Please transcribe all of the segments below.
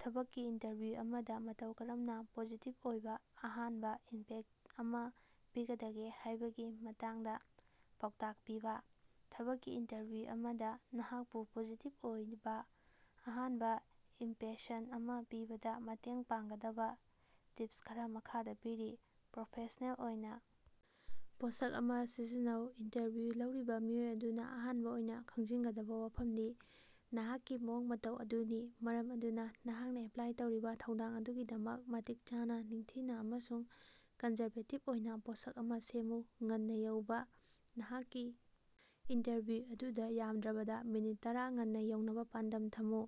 ꯊꯕꯛꯀꯤ ꯏꯟꯇꯔꯚ꯭ꯌꯨ ꯑꯃꯗ ꯃꯇꯧ ꯀꯔꯝꯅ ꯄꯣꯖꯤꯇꯤꯚ ꯑꯣꯏꯕ ꯑꯍꯥꯟꯕ ꯏꯝꯄꯦꯛꯇ ꯑꯃ ꯄꯤꯒꯗꯒꯦ ꯍꯥꯏꯕꯒꯤ ꯃꯇꯥꯡꯗ ꯄꯥꯎꯇꯥꯛ ꯄꯤꯕ꯫ ꯊꯕꯛꯀꯤ ꯏꯟꯇꯔꯚ꯭ꯌꯨ ꯑꯃꯗ ꯅꯍꯥꯛꯄꯨ ꯄꯣꯖꯤꯇꯤꯚ ꯑꯣꯏꯕ ꯑꯍꯥꯟꯕ ꯏꯝꯄꯦꯁꯟ ꯑꯃ ꯄꯤꯕꯗ ꯃꯇꯦꯡ ꯄꯥꯡꯒꯗꯕ ꯇꯤꯞꯁ ꯈꯔ ꯃꯈꯥꯗ ꯄꯤꯔꯤ: ꯄ꯭ꯔꯣꯐꯦꯁꯅꯦꯜ ꯑꯣꯏꯅ ꯄꯣꯠꯁꯛ ꯑꯃ ꯁꯤꯖꯤꯟꯅꯧ: ꯏꯟꯇꯔꯚꯤꯎ ꯂꯧꯔꯤꯕ ꯃꯤꯑꯣꯏ ꯑꯗꯨꯅ ꯑꯍꯥꯟꯕ ꯑꯣꯏꯅ ꯈꯪꯖꯤꯟꯒꯗꯕ ꯋꯥꯐꯝꯗꯤ ꯅꯍꯥꯛꯀꯤ ꯃꯑꯣꯡ-ꯃꯇꯧ ꯑꯗꯨꯅꯤ, ꯃꯔꯝ ꯑꯗꯨꯅ ꯅꯍꯥꯛꯅ ꯑꯦꯄ꯭ꯂꯥꯏ ꯇꯧꯔꯤꯕ ꯊꯧꯗꯥꯡ ꯑꯗꯨꯒꯤꯗꯃꯛ ꯃꯇꯤꯛ ꯆꯥꯅ, ꯅꯤꯡꯊꯤꯅ ꯑꯃꯁꯨꯡ ꯀꯟꯖꯔꯕꯦꯇꯤꯚ ꯑꯣꯏꯅ ꯄꯣꯠꯁꯛ ꯑꯃ ꯁꯦꯝꯃꯨ꯫ ꯉꯟꯅ ꯌꯧꯕ: ꯅꯍꯥꯛꯀꯤ ꯏꯟꯇꯔꯚꯤꯎ ꯑꯗꯨꯗ ꯌꯥꯝꯗ꯭ꯔꯕꯗ ꯃꯤꯅꯤꯠ ꯇꯔꯥ ꯉꯟꯅ ꯌꯧꯅꯕ ꯄꯥꯟꯗꯝ ꯊꯝꯃꯨ꯫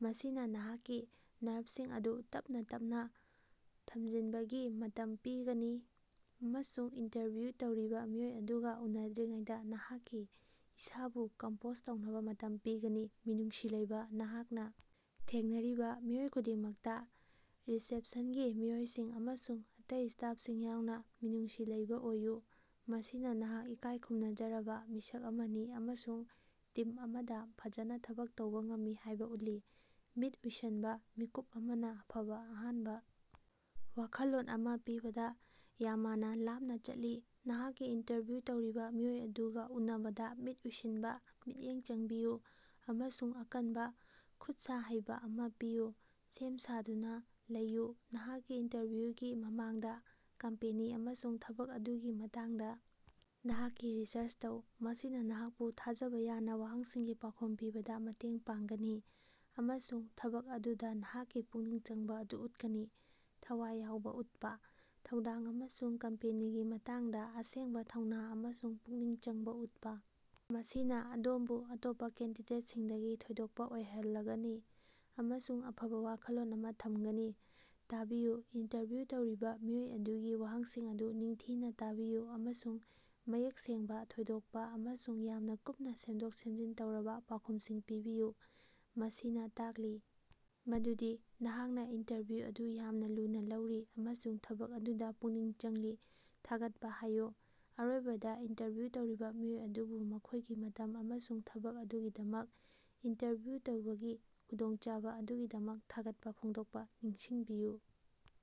ꯃꯁꯤꯅ ꯅꯍꯥꯛꯀꯤ ꯅꯔꯚꯁꯤꯡ ꯑꯗꯨ ꯇꯞꯅꯥ ꯇꯞꯅꯥ ꯊꯃꯖꯤꯟꯕꯒꯤ ꯃꯇꯝ ꯄꯤꯒꯅꯤ ꯑꯃꯁꯨꯡ ꯏꯟꯇꯔꯚ꯭ꯌꯨ ꯇꯧꯔꯤꯕ ꯃꯤꯑꯣꯏ ꯑꯗꯨꯒ ꯎꯅꯗ꯭ꯔꯤꯉꯩꯗ ꯅꯍꯥꯛꯀꯤ ꯏꯁꯥꯕꯨ ꯀꯝꯄꯣꯖ ꯇꯧꯅꯕ ꯃꯇꯝ ꯄꯤꯒꯅꯤ꯫ ꯃꯤꯅꯨꯡꯁꯤ ꯂꯩꯕ: ꯅꯍꯥꯛꯅ ꯊꯦꯡꯅꯔꯤꯕ ꯃꯤꯑꯣꯏ ꯈꯨꯗꯤꯡꯃꯛꯇ, ꯔꯤꯁꯦꯞꯁꯟꯒꯤ ꯃꯤꯑꯣꯏꯁꯤꯡ ꯑꯃꯁꯨꯡ ꯑꯇꯩ ꯁ꯭ꯇꯥꯐꯁꯤꯡ ꯌꯥꯎꯅ, ꯃꯤꯅꯨꯡꯁꯤ ꯂꯩꯕ ꯑꯣꯏꯌꯨ꯫ ꯃꯁꯤꯅ ꯅꯍꯥꯛ ꯏꯀꯥꯏ ꯈꯨꯝꯅꯖꯔꯕ ꯃꯤꯁꯛ ꯑꯃꯅꯤ ꯑꯃꯁꯨꯡ ꯇꯤꯝ ꯑꯃꯗ ꯐꯖꯅ ꯊꯕꯛ ꯇꯧꯕ ꯉꯝꯃꯤ ꯍꯥꯏꯕ ꯎꯠꯂꯤ꯫ ꯃꯤꯠ ꯎꯏꯁꯤꯟꯕ: ꯃꯤꯠꯀꯨꯞ ꯑꯃꯅ ꯑꯐꯕ ꯑꯍꯥꯟꯕ ꯋꯥꯈꯜꯂꯣꯟ ꯑꯃ ꯄꯤꯕꯗ ꯌꯥꯃꯅ ꯂꯥꯞꯅ ꯆꯠꯂꯤ꯫ ꯅꯍꯥꯛꯀꯤ ꯏꯟꯇꯔꯚ꯭ꯌꯨ ꯇꯧꯔꯤꯕ ꯃꯤꯑꯣꯏ ꯑꯗꯨꯒ ꯎꯅꯕꯗ ꯃꯤꯠ ꯎꯏꯁꯤꯟꯕ, ꯃꯤꯠꯌꯦꯡ ꯆꯪꯕꯤꯌꯨ ꯑꯃꯁꯨꯡ ꯑꯀꯟꯕ ꯈꯨꯠꯁ ꯍꯩꯕ ꯑꯃ ꯄꯤꯌꯨ꯫ ꯁꯦꯝ ꯁꯥꯗꯨꯅ ꯂꯩꯌꯨ: ꯅꯍꯥꯛꯀꯤ ꯏꯟꯇꯔꯚ꯭ꯌꯨꯒꯤ ꯃꯃꯥꯡꯗꯥ ꯀꯝꯄꯦꯅꯤ ꯑꯃꯁꯨꯡ ꯊꯕꯛ ꯑꯗꯨꯒꯤ ꯃꯇꯥꯡꯗ ꯅꯍꯥꯛꯀꯤ ꯔꯤꯁꯔꯆ ꯇꯧ꯫ ꯃꯁꯤꯅ ꯅꯍꯥꯛꯄꯨ ꯊꯥꯖꯕ ꯌꯥꯅ ꯋꯥꯍꯪꯁꯤꯡꯒꯤ ꯄꯥꯎꯈꯨꯝ ꯄꯤꯕꯗ ꯃꯇꯦꯡ ꯄꯥꯡꯒꯅꯤ ꯑꯃꯁꯨꯡ ꯊꯕꯛ ꯑꯗꯨꯗ ꯅꯍꯥꯛꯀꯤ ꯄꯨꯛꯅꯤꯡ ꯆꯪꯕ ꯑꯗꯨ ꯎꯠꯀꯅꯤ꯫ ꯊꯋꯥꯏ ꯌꯥꯎꯕ ꯎꯠꯄ: ꯊꯧꯗꯥꯡ ꯑꯃꯁꯨꯡ ꯀꯝꯄꯦꯅꯤꯒꯤ ꯃꯇꯥꯡꯗ ꯑꯁꯦꯡꯕ ꯊꯧꯅ ꯑꯃꯁꯨꯡ ꯄꯨꯛꯅꯤꯡ ꯆꯪꯕ ꯎꯠꯄ꯫ ꯃꯁꯤꯅ ꯑꯗꯣꯝꯕꯨ ꯑꯇꯣꯞꯄ ꯀꯦꯟꯗꯤꯗꯦꯠꯁꯤꯡꯗꯒꯤ ꯊꯣꯏꯗꯣꯛꯄ ꯑꯣꯏꯍꯜꯂꯒꯅꯤ ꯑꯃꯁꯨꯡ ꯑꯐꯕ ꯋꯥꯈꯜꯂꯣꯟ ꯑꯃ ꯊꯝꯒꯅꯤ꯫ ꯇꯥꯕꯤꯌꯨ: ꯏꯟꯇꯔꯚ꯭ꯌꯨ ꯇꯧꯔꯤꯕ ꯃꯤꯑꯣꯏ ꯑꯗꯨꯒꯤ ꯋꯥꯍꯪꯁꯤꯡ ꯑꯗꯨ ꯅꯤꯡꯊꯤꯅ ꯇꯥꯕꯤꯌꯨ ꯑꯃꯁꯨꯡ ꯃꯌꯦꯛ ꯁꯦꯡꯕ, ꯊꯣꯏꯗꯣꯛꯄ ꯑꯃꯁꯨꯡ ꯌꯥꯝꯅ ꯀꯨꯞꯅ ꯁꯦꯝꯗꯣꯛ-ꯁꯦꯝꯖꯤꯟ ꯇꯧꯔꯕ ꯄꯥꯎꯈꯨꯝꯁꯤꯡ ꯄꯤꯕꯤꯌꯨ꯫ ꯃꯁꯤꯅ ꯇꯥꯛꯂꯤ ꯃꯗꯨꯗꯤ ꯅꯍꯥꯛꯅ ꯏꯟꯇꯔꯚ꯭ꯌꯨ ꯑꯗꯨ ꯌꯥꯝꯅ ꯂꯨꯅ ꯂꯧꯔꯤ ꯑꯃꯁꯨꯡ ꯊꯕꯛ ꯑꯗꯨꯗ ꯄꯨꯛꯅꯤꯡ ꯆꯪꯂꯤ꯫ ꯊꯥꯒꯠꯄ ꯍꯥꯏꯌꯨ: ꯑꯔꯣꯏꯕꯗ ꯏꯟꯇꯔꯚ꯭ꯌꯨ ꯇꯧꯔꯤꯕ ꯃꯤꯑꯣꯏ ꯑꯗꯨꯕꯨ ꯃꯈꯣꯏꯒꯤ ꯃꯇꯝ ꯑꯃꯁꯨꯡ ꯊꯕꯛ ꯑꯗꯨꯒꯤꯗꯃꯛ ꯏꯟꯇꯔꯚ꯭ꯌꯨ ꯇꯧꯕꯒꯤ ꯈꯨꯗꯣꯡꯆꯥꯕ ꯑꯗꯨꯒꯤꯗꯃꯛ ꯊꯥꯒꯠꯄ ꯐꯣꯡꯗꯣꯛꯄ ꯅꯤꯡꯁꯤꯡꯕꯤꯌꯨ꯫